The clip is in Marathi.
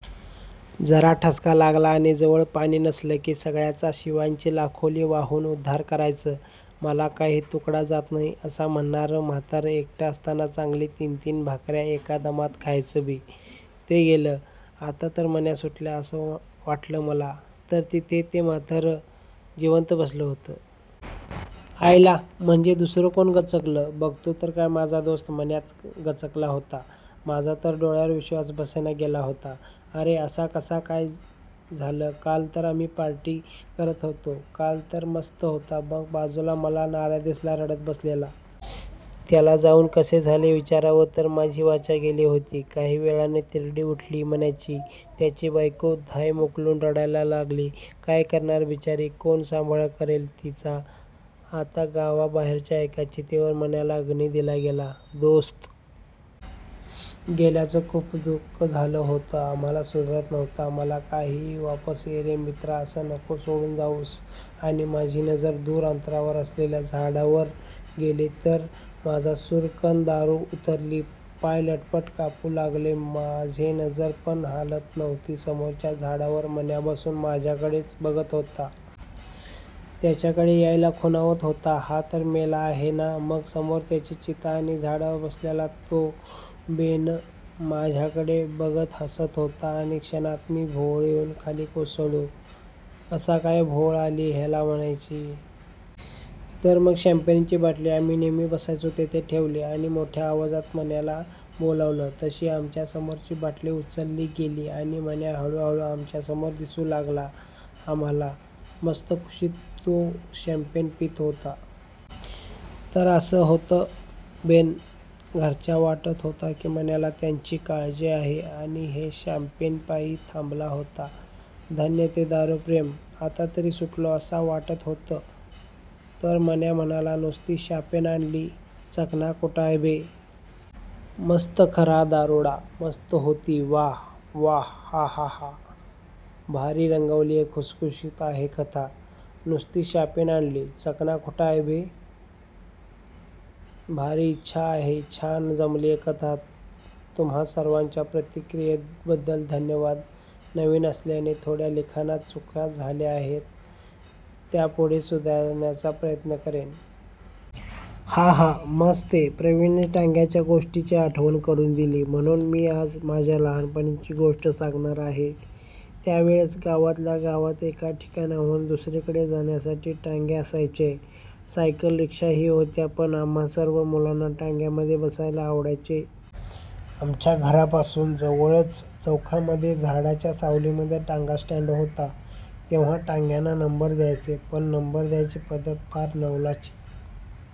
जरा ठसका लागला आणि जवळ पाणी नसल कि सगळ्याचा शिव्यांची लाखोली वाहून उद्धार करायच. मला काही तुकडा जात नाही असा म्हणनार म्हातारं एकट असताना चांगली तीन तीन भाकऱ्या एका दमात खायचंबी. ते गेलं आता तर मन्या सुटला अस वाटलं मला तर तिथे ते म्हातारं जिवंत बसल होत. अायला म्हंजे दुसर कोण गचकलबघतो तर काय माझा दोस्त मन्याचं गचकला होतामाझा तर डोळ्यावर विश्वास बसेना गेला होता अरे असा कसा काय झालंकाल तर आम्ही पार्टी करत होतोकाल तर मस्त होता मगबाजूला मला नाऱ्या दिसला रडत बसलेला. त्याला जाऊन कसे झाले विचारावं तर माझीच वाचा गेली होतीकाही वेळाने तिरडी उठली मण्याचीत्याची बायको धाय मोकलून रडायला लागली. काय करणार बिचारी, कोण सांभाळ करेल तिचा आतागावाबाहेरच्या एका चितेवर मन्याला अग्नी दिला गेला. दोस्त गेल्याच खूप दुःख झालं होता आम्हालासुधरत नव्हता मला काहीहीवापस ये रे मित्रा अस नको सोडून जाऊसआणि माझी नजर दूर अंतरावर असलेल्या झाडावर गेली तर, माझा सूरकन दारू उतरलीपाय लटपट कापू लागले माझेनजर पण हालत नव्हतीसमोरच्या झाडावर मन्या बसून माझ्याकडेच बघत होता. त्याच्याकडे यायला खुणावत होताहा तर मेला आहे ना मगसमोर त्याची चीता आणि झाडावर बसलेला तोबेन माझ्याकडे बघत हसत होता आणि क्षणात मी भोवळ येऊन खाली कोसळलो. " कसा काय भोवळ आली ह्याला म्हणायची? तर मग शंपेन ची बाटली आम्ही नेहमी बसायचो तेथे ठेवली. आणि मोठ्या आवाजात मण्याला बोलावलं. तशी आमच्या समोरची बाटली उचलली गेली. आणि मन्या हळू हळू आमच्या समोर दिसू लागला आम्हाला. मस्त खुशीत तो शंपेण पित होता. तर असा होता बेन, घरच्या वाटत होता की मन्याला त्यांची काळजी आहे आणि हे शांपेन पायी थांबला होता. धन्य ते दारू प्रेमआता तरी सुटलो असा वाटत होतं तर मन्या म्हणाला"नुसती शापेण आणली, चकणा कुठाय बे? "मस्तखरा दारुडामस्त होतीव्वा व्वाहाहाहा भारी रंगवलीयखुसखुशीत आहे कथा"नुसती शापेण आणली, चकणा कुठाय बे? "भारी ईच्छा आहेछान जमलीय कथातुम्हा सर्वांच्या प्रतिक्रियेबद्दल धन्यवाद. नवीन असल्याने थोड्या लिखाणात चुका झाल्या आहेत. त्या पुढे सुधारण्याचा प्रयत्न करेन. हाहा मस्तेय️ प्रवीणने टांग्याच्या गोष्टीची आठवण करून दिली म्हणून मी आज माझ्या लहानपणीची गोष्ट सांगणार आहे. त्या वेळेस गावातल्या गावात एका ठिकाणाहून दुसरीकड़े जाण्यासाठी टांगे असायचे. सायकल रिक्षाही होत्या पण आम्हां सर्व मुलांना टांग्यामध्ये बसायला आवडायचे. आमच्या घरापासून जवळच चौकामधे झाडाच्या सावलीमध्ये टांगा स्टॅन्ड होता. तेव्हा टांग्यांना नंबर द्यायचे. पण नंबर द्यायची पद्धत फार नवलाची.